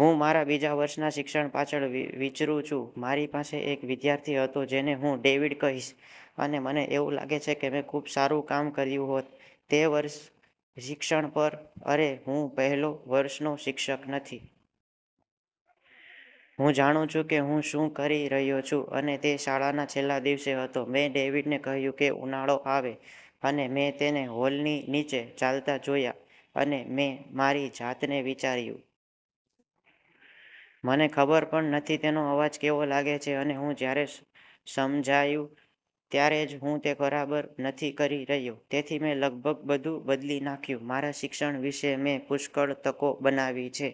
હું મારા બીજા વર્ષના શિક્ષણ પાછળ વિ વિચરુંછું. મારી પાસે એક વિદ્યાર્થી હતો જેને હું ડેવિડ કહીશ, અને મને એવું લાગે છે કે મેં ખૂબ સારું કામ કર્યું હોત. તે વર્ષ શિક્ષણ પર અરે, હું પહેલો વર્ષનો શિક્ષક નથી. હું જાણું છું કે હું શું કરી રહ્યો છું અને તે શાળાના છેલ્લા દિવસે હતો, મેં ડેવિડને કહ્યું કે ઉનાળો આવે. અને મેં તેને હોલની નીચે ચાલતા જોયા અને મેં મારી જાતને વિચાર્યું. મને ખબર પણ નથી તેનો અવાજ કેવો લાગે છે અને હું જ્યારે સમજાયું ત્યારે જ હું તે બરાબર નથી કરી રહ્યો. તેથી મેં લગભગ બધું બદલી નાખ્યું. મારા શિક્ષણ વિશે મેં પુષ્કળ તકો બનાવી છે.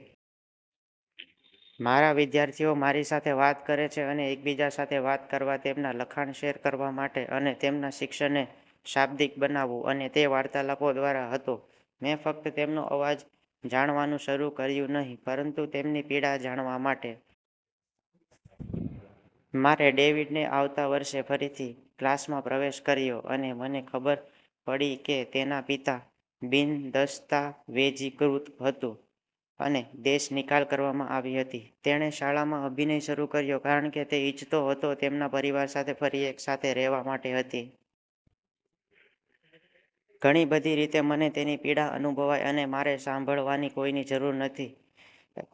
મારા વિદ્યાર્થીઓ મારી સાથે વાત કરે છે અને એકબીજા સાથે વાત કરવા, તેમના લખાણ શેર કરવા માટે અને તેમના શિક્ષણને શાબ્દિક બનાવવું અને તે વાર્તાલાપો દ્વારા હતો મેં ફક્ત તેમનો અવાજ જાણવાનું શરૂ કર્યું નહીં, પરંતુ તેમની પીડા જાણવા માટે. મારે ડેવિડને આવતા વર્ષે ફરીથી ક્લાસમાં પ્રવેશ કર્યો અને મને ખબર પડી કે તેના પિતા બિનદસ્તાવેજીકૃત હતું અને દેશનિકાલ કરવામાં આવી હતી. તેણે શાળામાં અભિનય શરૂ કર્યો કારણ કે તે ઇચ્છતો હતો તેમના પરિવાર સાથે ફરી એક સાથે રહેવા માટે હતી. ઘણી બધી રીતે, મને તેની પીડા અનુભવાઈ અને મારે સાંભળવાની કોઈની જરૂર નથી,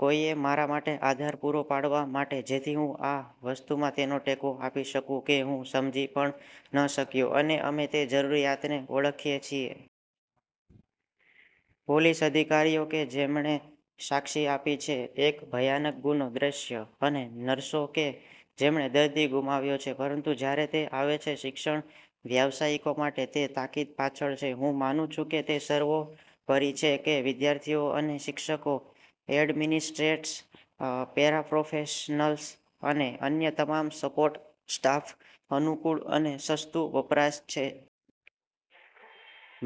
કોઈએ મારા માટે આધાર પૂરો પાડવા માટે જેથી હું આ વસ્તુમાં તેનો ટેકો આપી શકું કે હું સમજી પણ ન શક્યો અને અમે તે જરૂરિયાતને ઓળખીએ છીએ. પોલીસ અધિકારીઓ કે જેમણે સાક્ષી આપી છે એક ભયાનક ગુનો દ્રશ્ય અને નર્સો કે જેમણે દર્દી ગુમાવ્યો છે. પરંતુ જ્યારે તે આવે છે શિક્ષણ વ્યવસાયિકો માટે, તે તાકીદ પાછળ છે. હું માનું છું કે તે સર્વોપરી છે કે વિદ્યાર્થીઓ અને શિક્ષકો, એડમિનિસ્ટ્રેટ્સ, અ પેરાપ્રોફેશનલ્સ અને અન્ય તમામ સપોર્ટ સ્ટાફ અનુકૂળ અને સસ્તું વપરાશ છે.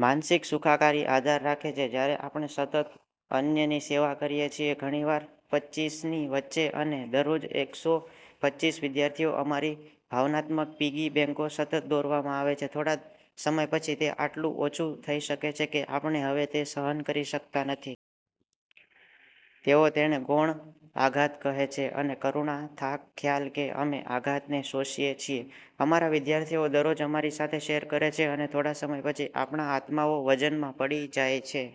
માનસિક સુખાકારી આધાર રાખે છે. જ્યારે આપણે સતત અન્યની સેવા કરીએ છીએ, ઘણીવાર પચ્ચીસની વચ્ચે અને દરરોજ એકસો પચ્ચીસ વિદ્યાર્થીઓ, અમારી ભાવનાત્મક પિગી બેંકો સતત દોરવામાં આવે છે. થોડા સમય પછી, તે આટલું ઓછું થઈ શકે છે, કે આપણે હવે તે સહન કરી શકતા નથી. તેઓ તેને ગૌણ આઘાત કહે છે અને કરુણા થાક, ખ્યાલ કે અમે આઘાતને શોષીએ છીએ. અમારા વિદ્યાર્થીઓ દરરોજ અમારી સાથે શેર કરે છે અને થોડા સમય પછી, આપણા આત્માઓ વજનમાં પડી જાય છે.